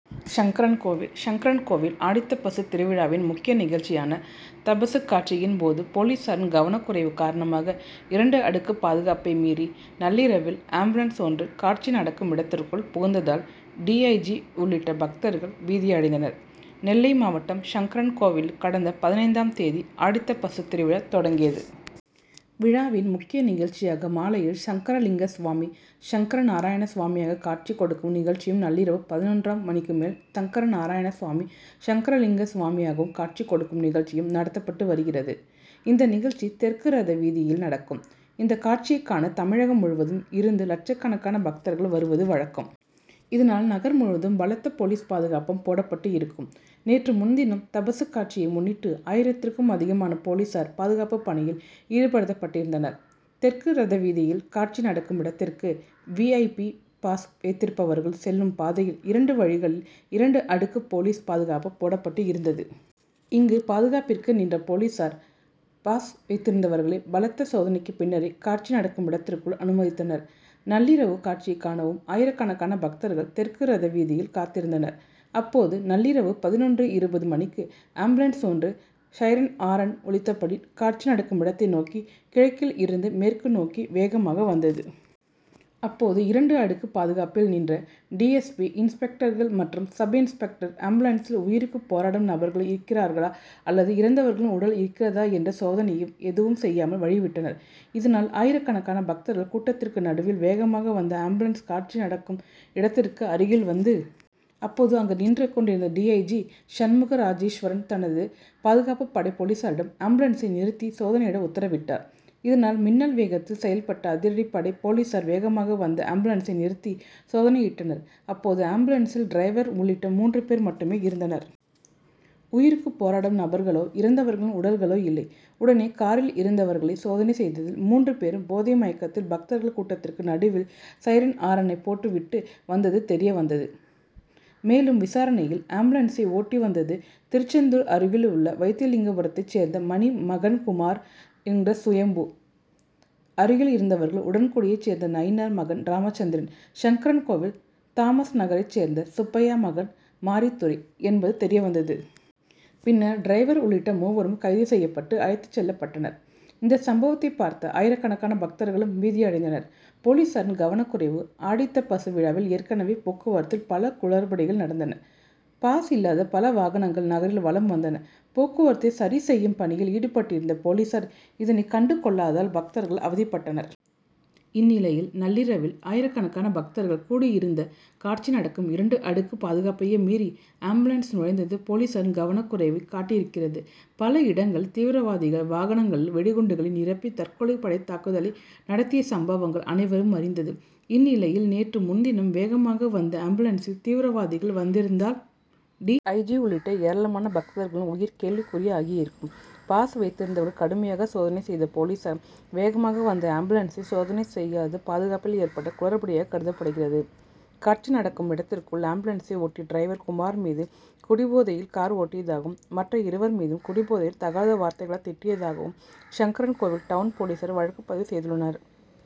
சங்கரன்கோவில்: சங்கரன்கோவில் ஆடித்தபசு திருவிழாவின் முக்கிய நிகழ்ச்சியான தபசுக்காட்சியின் போது போலீசாரின் கவனக்குறைவு காரணமாக இரண்டு அடுக்கு பாதுகாப்பை மீறி நள்ளிரவில் ஆம்புலன்ஸ் ஒன்று காட்சி நடக்கும் இடத்திற்குள் புகுந்ததால் டி. ஐ. ஜி., உள்ளிட்ட பக்தர்கள் பீதி அடைந்தனர். நெல்லை மாவட்டம் சங்கரன்கோவிலில் கடந்த பதினைந்தாம் தேதி ஆடித்தபசு திருவிழா தொடங்கியது. விழாவின் முக்கிய நிகழ்ச்சியாக மாலையில் சங்கரலிங்கசுவாமி, சங்கரநாராயணசுவாமியாக காட்சி கொடுக்கும் நிகழ்ச்சியும், நள்ளிரவு பதினொன்றாம் மணிக்கு மேல் சங்கரநாராயணசுவாமி, சங்கரலிங்கசுவாமியாகவும் காட்சி கொடுக்கும் நிகழ்ச்சியும் நடத்தப்பட்டு வருகிறது. இந்த நிகழ்ச்சி தெற்கு ரதவீதியில் நடக்கும். இந்த காட்சியைக் காண தமிழகம் முழுவதும் இருந்து லட்சக்கணக்கான பக்தர்கள் வருவது வழக்கம். இதனால் நகர் முழுவதும் பலத்த போலீஸ் பாதுகாப்பும் போடப்பட்டு இருக்கும். நேற்று முன்தினம் தபசுக்காட்சியை முன்னிட்டு ஆயிரத்திற்கும் அதிகமான போலீசார் பாதுகாப்பு பணியில் ஈடுபடுத்தப்பட்டிருந்தனர். தெற்கு ரதவீதியில் காட்சி நடக்கும் இடத்திற்கு வி. ஐ. பி., பாஸ் வைத்திருப்பவர்கள் செல்லும் பாதையில் இரண்டு வழிகளில் இரண்டு அடுக்கு போலீஸ் பாதுகாப்பு போடப்பட்டு இருந்தது. இங்கு பாதுகாப்பிற்கு நின்ற போலீசார் பாஸ் வைத்திருந்தவர்களை பலத்த சோதனைக்கு பின்னரே காட்சி நடக்கும் இடத்திற்குள் அனுமதித்தனர். நள்ளிரவு காட்சியைக் காணவும் ஆயிரக்கணக்கான பக்தர்கள் தெற்கு ரதவீதியில் காத்திருந்தனர். அப்போது நள்ளிரவு பதினொன்று இருபது மணிக்கு ஆம்புலன்ஸ் ஒன்று "சைரன் ஹாரன்' ஒலித்தபடி காட்சி நடக்கும் இடத்தை நோக்கி கிழக்கில் இருந்து மேற்கு நோக்கி வேகமாக வந்தது. அப்போது இரண்டு அடுக்கு பாதுகாப்பில் நின்ற டி. எஸ். பி., இன்ஸ்பெக்டர்கள் மற்றும் சப்-இன்ஸ்பெக்டர்கள் ஆம்புலன்ஸில் உயிருக்கு போராடும் நபர்கள் இருக்கிறார்களா அல்லது இறந்தவர்களின் உடல் இருக்கிறதா என்று சோதனையும் எதுவும் செய்யாமல் வழி விட்டனர். இதனால் ஆயிரக்கணக்கான பக்தர்கள் கூட்டத்திற்கு நடுவில் வேகமாக வந்த ஆம்புலன்ஸ் காட்சி நடக்கும் இடத்திற்கு அருகில் வந்து. அப்போது அங்கு நின்று கொண்டிருந்த டி. ஐ. ஜி., சண்முகராஜேஸ்வரன் தனது பாதுகாப்பு படை போலீசாரிடம் ஆம்புலன்சை நிறுத்தி சோதனையிட உத்தரவிட்டார். இதனால் மின்னல் வேகத்தில் செயல்பட்ட அதிரடிப்படை போலீசார் வேகமாக வந்த ஆம்புலன்சை நிறுத்தி சோதனையிட்டனர். அப்போது ஆம்புலன்ஸில் டிரைவர் உள்ளிட்ட மூன்று பேர் மட்டுமே இருந்தனர். உயிருக்கு போராடும் நபர்களோ, இறந்தவர்களின் உடல்களோ இல்லை. உடனே காரில் இருந்தவர்களை சோதனை செய்ததில் மூன்று பேரும் போதை மயக்கத்தில் பக்தர்கள் கூட்டதிற்கு நடுவில் சைரன் ஹாரனை போட்டு விட்டு வந்தது தெரிய வந்தது. மேலும் விசாரணையில் ஆம்புலன்சை ஓட்டி வந்தது திருச்செந்தூர் அருகில் உள்ள வைத்தியலிங்கபுரத்தைச் சேர்ந்த மணி மகன் குமார் ன்ற சுயம்பு, அருகில் இருந்தவர்கள் உடன்குடியைச் சேர்ந்த நயினார் மகன் ராமச்சந்திரன், சங்கரன்கோவில் தாமஸ்நகரைச் சேர்ந்த சுப்பையா மகன் மாரித்துரை என்பது தெரிய வந்தது. பின்னர் டிரைவர் உள்ளிட்ட மூவரும் கைது செய்யப்பட்டு அழைத்துச் செல்லப்பட்டனர். இந்த சம்பவத்தை பார்த்த ஆயிரக்கணக்கான பக்தர்களும் பீதி அடைந்தனர். போலீசாரின் கவனக்குறைவு: ஆடித்தபசு விழாவில் ஏற்கனவே போக்குவரத்தில் பல குழறுபடிகள் நடந்தன. பாஸ் இல்லாத பல வாகனங்கள் நகரில் வலம் வந்தன. போக்குவரத்தை சரி செய்யும் பணியில் ஈடுபட்டிருந்த போலீசார் இதனை கண்டு கொள்ளதால் பக்தர்கள் அவதிப்பட்டனர். இந்நிலையில் நள்ளிரவில் ஆயிரக்கணக்கான பக்தர்கள் கூடி இருந்த காட்சி நடக்கும் இரண்டு அடுக்கு பாதுகாப்பையும் மீறி ஆம்புலன்ஸ் நுழைந்தது போலீசாரின் கவனக்குறைவை காட்டி இருக்கிறது. பல இடங்களில் தீவிரவாதிகள் வாகனங்களில் வெடிகுண்டுகளை நிரப்பி தற்கொலை படை தாக்குதலை நடத்திய சம்பவங்கள் அனைவரும் அறிந்தது. இந்நிலையில் நேற்று முன்தினம் வேகமாக வந்த ஆம்புலன்சில் தீவிரவாதிகள் வந்திருந்தால் டி. ஐ, ஜி., உள்ளிட்ட ஏராளமான பக்தர்களின் உயிர் கேள்விக்குறி ஆகி இருக்கும். பாஸ் வைத்திருந்தவர்களை கடுமையாக சோதனை செய்த போலீசார் வேகமாக வந்த ஆம்புலன்ஸை சோதனை செய்யாதது பாதுகாப்பில் ஏற்பட்ட குழறுபடியாக கருதப்படுகிறது. காட்சி நடக்கும் இடத்திற்குள் ஆம்புலன்சை ஓட்டிய டிரைவர் குமார் மீது குடிபோதையில் கார் ஓட்டியதாகவும், மற்ற இருவர் மீதும் குடிபோதையில் தகாத வார்த்தைகளால் திட்டியதாகவும் சங்கரன்கோவில் டவுன் போலீசார் வழக்குப்பதிவு செய்துள்ளனர்.